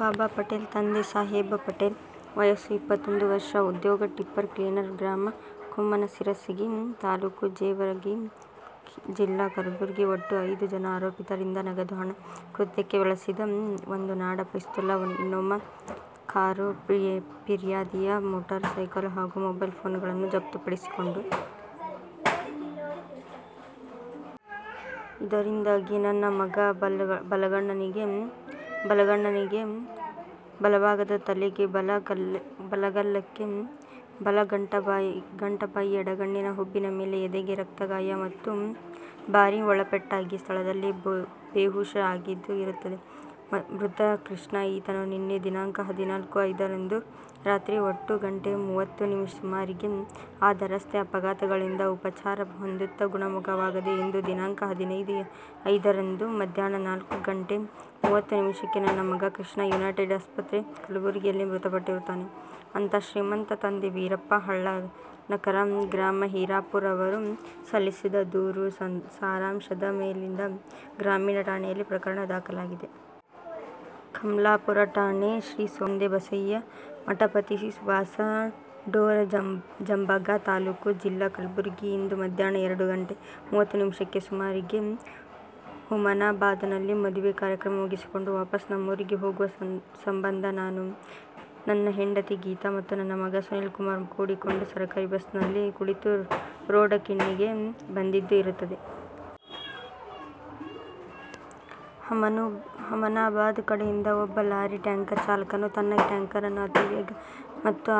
ಬಾಬಾ ಪಟೇಲ ತಂದೆ ಸಾಹೇಬ ಪಟೇಲ ವಯಸ್ಸು ಇಪ್ಪತ್ತೊಂದು ವರ್ಷ ಉದ್ಯೋಗ ಟಿಪ್ಪರ ಕ್ಲೀನರ್ ಗ್ರಾಮ ಕುಮ್ಮನ ಸಿರಸಗಿ ತಾಲ್ಲೂಖು ಜೇವರಗಿ ಜಿಲ್ಲಾ ಕಲಬುರಗಿ ಒಟ್ಟು ಐದು ಜನ ಆರೋಪಿತರಿಂದ ನಗದು ಹಣ, ಕೃತ್ಯಕ್ಕೆ ಬಳಿಸಿದ ಒಂದು ನಾಡ ಪಿಸ್ತೂಲು, ಇನೋವಾ ಕಾರು, ಫಿರ್ಯಾದಿಯ ಮೊಟಾರು ಸೈಕಲ್ ಹಾಗು ಮೊಬೈಲ್ ಫೋನುಗಳನ್ನು ಜಪ್ತು ಪಡಿಸಿಕೊಂಡು. ಇದರಿಂದಾಗಿ ನನ್ನ ಮಗ ಬಲಗಣ್ಣಿಗೆ, ಬಲಭಾಗದ ತಲೆಗೆ ಬಲ ಗಲ್ಲಕ್ಕೆ, ಬಲ ಗಟ್ಟಬಾಯಿ ಎಡಗಣ್ಣಿನ ಹುಬ್ಬಿನ ಮೇಲೆ ಎದೆಗೆ ರಕ್ತಗಾಯ ಮತ್ತು ಭಾರಿ ಒಳಪೆಟ್ಟಾಗಿ ಸ್ಥಳದಲ್ಲಿ ಬೇಹುಷ ಆಗಿದ್ದು ಇರುತ್ತದೆ. ಮೃತ ಕೃಷ್ಣಾ ಈತನು ನಿನ್ನೆ ದಿನಾಂಕ ಹದಿನಾಲ್ಕು ಐದರಂದು ರಾತ್ರಿ ಎಂಟು ಗಂಟೆ ಮೂವತ್ತು ನಿಮಿಷಕ್ಕೆ ಸುಮಾರಿಗೆ ಆದ ರಸ್ತೆ ಅಪಘಾತಗಳಿಂದ ಉಪಚಾರ ಹೊಂದುತ್ತಾ ಗುಣಮುಖವಾಗದೇ ಇಂದು ದಿನಾಂಕ ಹದಿನೈದು ಐದರಂದು ಮಧ್ಯಾಹ್ನ ನಾಲ್ಕು ಗಂಟೆ ಮೂವತ್ತು ನಿಮಿಷಕ್ಕೆ ನನ್ನ ಮಗ ಕೃಷ್ಣಾ ಯುನೈಟೆಡ್ ಆಸ್ಪತ್ರೆ ಕಲಬುರಗಿಯಲ್ಲಿ ಮೃತಪಟ್ಟಿರುತ್ತಾನೆ ಅಂತಾ ಶ್ರೀಮಂತ ತಂದೆ ವೀರಪ್ಪಾ ಹಳ್ಳನಕರ ಗ್ರಾಮ ಹೀರಾಪೂರ ರವರು ಸಲ್ಲಿಸಿದ ದೂರು ಸಾರಾಂಶದ ಮೇಲಿಂದ ಗ್ರಾಮೀಣ ಠಾಣೆಯಲ್ಲಿ ಪ್ರಕರಣ ದಾಖಲಾಗಿದೆ. ಕಮಲಾಪೂರ ಠಾಣೆ: ಶ್ರೀ ಸೋಮಯ್ಯ ತಂದೆ ಬಸಯ್ಯ ಮಠಪತಿ ವಾಸ ಡೊರಜಂಬಗಾ ತಾಲ್ಲೂಖು: ಜಿಲ್ಲಾ :ಕಲಬುರಗಿ ಇಂದು ಮದ್ಯಾಹ್ನ ಎರಡು ಗಂಟೆ ಮೂವತ್ತು ನಿಮಿಷಕ್ಕೆ ಸೂಮಾರಿಗೆ ಹುಮನಾಬಾದನಲ್ಲಿ ಮದುವೆ ಕಾರ್ಯಕ್ರಮ ಮುಗಿಸಿಕೊಂಡು ವಾಪಸ್ ನಮ್ಮೂರಿಗೆ ಹೋಗುವ ಸಂಬಂಧ ನಾನು ನನ್ನ ಹೆಂಡತಿ ಗೀತಾ ಮತ್ತು ನನ್ನ ಮಗ ಸುನೀಲಕುಮಾರ ಕೂಡಿಕೊಂಡು ಸರಕಾರಿ ಬಸ್ನಲ್ಲಿ ಕುಳಿತು ರೋಡಕಿಣ್ಣಿಗೆ ಬಂದಿದ್ದು ಇರುತ್ತದೆ. ಹುಮನಾಬಾದ ಕಡೆಯಿಂದ ಒಬ್ಬ ಲಾರಿ ಟ್ಯಾಂಕರ್ ಚಾಲಕನು ತನ್ನ ಟ್ಯಾಂಕರನ್ನು ಅತಿವೇಗ ಮತ್ತು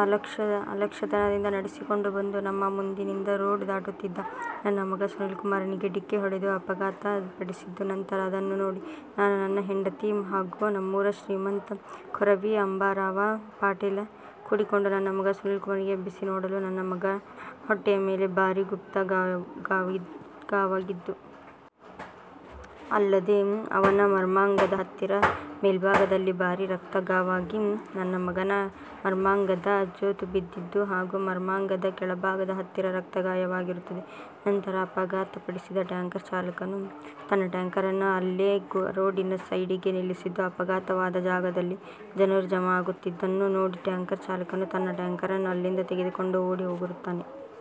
ಅಲಕ್ಷ್ಯತನದಿಂದ ನಡೆಸಿಕೊಂಡು ಬಂದು ನಮ್ಮ ಮುಂದಿನಿಂದ ರೋಡ್ ದಾಟುತ್ತಿದ್ದ ನನ್ನ ಮಗ ಸುನೀಲಕುಮಾರನಿಗೆ ಡಿಕ್ಕಿ ಹೊಡೆದು ಅಪಘಾತ ಪಡಿಸಿದ್ದು ನಂತರ ಅದನ್ನು ನೋಡಿ ನಾನು ನನ್ನ ಹೆಂಡತಿ ಹಾಗೂ ನಮ್ಮೂರ ಶ್ರೀಮಂತ ಕೋರವಿ ಅಂಬಾರಾವ ಪಾಟೀಲ ಕೂಡಿಕೊಂಡು ನನ್ನ ಮಗ ಸುನೀಲಕುಮಾರನಿಗೆ ಎಬ್ಬಿಸಿ ನೋಡಲು ನನ್ನ ಮಗನ ಹೊಟ್ಟೆಯ ಮೇಲೆ ಭಾರಿ ಗುಪ್ತಗಾವಾಗಿದ್ದು. ಅಲ್ಲದೆ ಅವನ ಮರ್ಮಾಂಗದ ಹತ್ತಿರ ಮೇಲ್ಬಾದಲ್ಲಿ ಭಾರಿ ರಕ್ತಗಾವಾಗಿ ನನ್ನ ಮಗನ ಮರ್ಮಾಂಗದ ಜೋತು ಬಿದ್ದಿದ್ದು ಹಾಗೂ ಮರ್ಮಾಂಗದ ಕೆಳಭಾಗದ ಹತ್ತಿರ ರಕ್ತ ಗಾಯವಾಗಿರುತ್ತದೆ. ನಂತರ ಅಪಘಾತ ಪಡಿಸಿದ ಟ್ಯಾಂಕರ್ ಚಾಲಕನು ತನ್ನ ಟ್ಯಾಂಕರನ್ನು ಅಲ್ಲೆ ರೋಡಿನ ಸೈಡಿಗೆ ನಿಲ್ಲಿಸಿದ್ದು ಅಪಘಾತವಾದ ಜಾಗದಲ್ಲಿ ಜನರು ಜಮಾ ಆಗುತ್ತಿದ್ದನ್ನು ನೋಡಿ ಟ್ಯಾಂಕರ್ ಚಾಲಕನು ತನ್ನ ಟ್ಯಾಂಕರನ್ನು ಅಲ್ಲಿಂದ ತೆಗೆದುಕೊಂಡು ಓಡಿ ಹೋಗಿರುತ್ತಾನೆ.